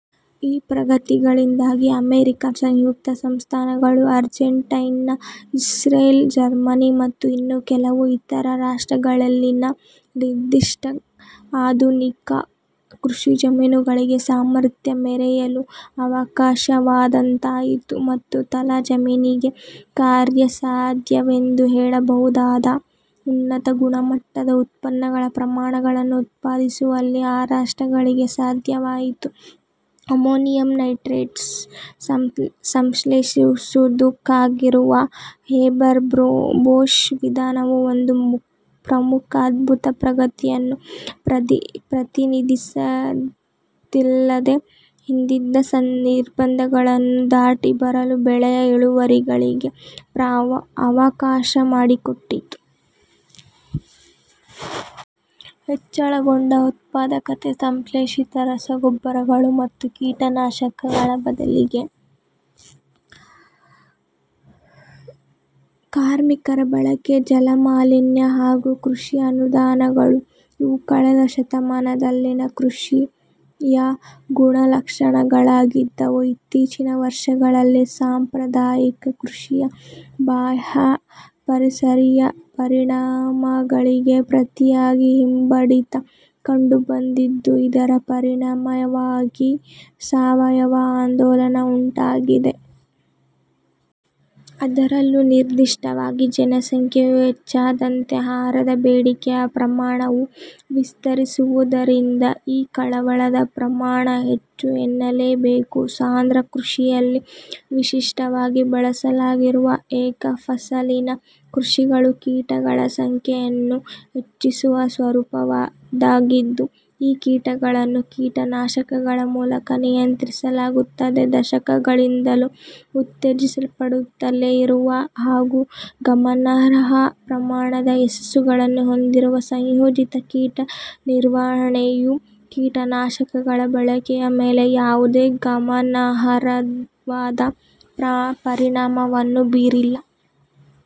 ಈ ಪ್ರಗತಿಗಳಿಂದಾಗಿ ಅಮೆರಿಕ ಸಂಯುಕ್ತ ಸಂಸ್ಥಾನಗಳು, ಅರ್ಜೆಂಟೈನಾ, ಇಸ್ರೇಲ್, ಜರ್ಮನಿ, ಮತ್ತು ಇನ್ನು ಕೆಲವು ಇತರ ರಾಷ್ಟ್ರಗಳಲ್ಲಿನ ನಿರ್ದಿಷ್ಟ ಆಧುನಿಕ ಕೃಷಿಜಮೀನುಗಳಿಗೆ ಸಾಮರ್ಥ್ಯ ಮೆರೆಯಲು ಅವಕಾಶವಾದಂತಾಯಿತು, ಮತ್ತು ತಲಾ ಜಮೀನಿಗೆ ಕಾರ್ಯಸಾಧ್ಯವೆಂದು ಹೇಳಬಹುದಾದ ಉನ್ನತ-ಗುಣಮಟ್ಟದ ಉತ್ಪನ್ನಗಳ ಪ್ರಮಾಣಗಳನ್ನು ಉತ್ಪಾದಿಸುವಲ್ಲಿ ಆ ರಾಷ್ಟ್ರಗಳಿಗೆ ಸಾಧ್ಯವಾಯಿತು. ಅಮೋನಿಯಂ ನೈಟ್ರೇಟ್ ಸಂಶ್ಲೇಷಿಸುವುದಕ್ಕಾಗಿರುವ ಹೇಬರ್-ಬೋಷ್ ವಿಧಾನವು ಒಂದು ಪ್ರಮುಖ ಅದ್ಭುತ ಪ್ರಗತಿಯನ್ನು ಪ್ರತಿನಿಧಿಸಿದ್ದಲ್ಲದೇ, ಹಿಂದಿದ್ದ ನಿರ್ಬಂಧಗಳನ್ನು ದಾಟಿಬರಲು ಬೆಳೆಯ ಇಳುವರಿಗಳಿಗೆ ಅವಕಾಶಮಾಡಿಕೊಟ್ಟಿತು. ಹೆಚ್ಚಳಗೊಂಡ ಉತ್ಪಾದಕತೆ, ಸಂಶ್ಲೇಷಿತ ರಸಗೊಬ್ಬರಗಳು ಮತ್ತು ಕೀಟನಾಶಕಗಳ ಬದಲಿಗೆ ಕಾರ್ಮಿಕರ ಬಳಕೆ, ಜಲಮಾಲಿನ್ಯ, ಹಾಗೂ ಕೃಷಿ ಅನುದಾನಗಳು- ಇವು ಕಳೆದ ಶತಮಾನದಲ್ಲಿನ ಕೃಷಿಯ ಗುಣಲಕ್ಷಣಗಳಾಗಿದ್ದವು. ಇತ್ತೀಚಿನ ವರ್ಷಗಳಲ್ಲಿ, ಸಾಂಪ್ರದಾಯಿಕ ಕೃಷಿಯ ಬಾಹ್ಯ ಪರಿಸರೀಯ ಪರಿಣಾಮಗಳಿಗೆ ಪ್ರತಿಯಾಗಿ ಹಿಂಬಡಿತ ಕಂಡುಬಂದಿದ್ದು, ಇದರ ಪರಿಣಾಮವಾಗಿ ಸಾವಯವ ಆಂದೋಲನ ಉಂಟಾಗಿದೆ. ಅದರಲ್ಲೂ ನಿರ್ದಿಷ್ಟವಾಗಿ, ಜನಸಂಖ್ಯೆಯು ಹೆಚ್ಚಾದಂತೆ ಆಹಾರದ ಬೇಡಿಕೆಯ ಪ್ರಮಾಣವೂ ವಿಸ್ತರಿಸುವುದರಿಂದ ಈ ಕಳವಳದ ಪ್ರಮಾಣ ಹೆಚ್ಚು ಎನ್ನಲೇಬೇಕು. ಸಾಂದ್ರ ಕೃಷಿಯಲ್ಲಿ ವಿಶಿಷ್ಟವಾಗಿ ಬಳಸಲಾಗಿರುವ ಏಕಫಸಲಿನ ಕೃಷಿಗಳು ಕೀಟಗಳ ಸಂಖ್ಯೆಯನ್ನು ಹೆಚ್ಚಿಸುವ ಸ್ವರೂಪದ್ದಾಗಿದ್ದು, ಈ ಕೀಟಗಳನ್ನು ಕೀಟನಾಶಕಗಳ ಮೂಲಕ ನಿಯಂತ್ರಿಸಲಾಗುತ್ತದೆ. "ದಶಕಗಳಿಂದಲೂ ಉತ್ತೇಜಿಸಲ್ಪಡುತ್ತಲೇ ಇರುವ ಹಾಗೂ ಗಮನಾರ್ಹ ಪ್ರಮಾಣದ ಯಶಸ್ಸನ್ನೂ ಹೊಂದಿರುವ" ಸಂಯೋಜಿತ ಕೀಟ ನಿರ್ವಹಣೆಯು, ಕೀಟನಾಶಕಗಳ ಬಳಕೆಯ ಮೇಲೆ ಯಾವುದೇ ಗಮನಾರ್ಹವಾದ ಪರಿಣಾಮವನ್ನೂ ಬೀರಿಲ್ಲ.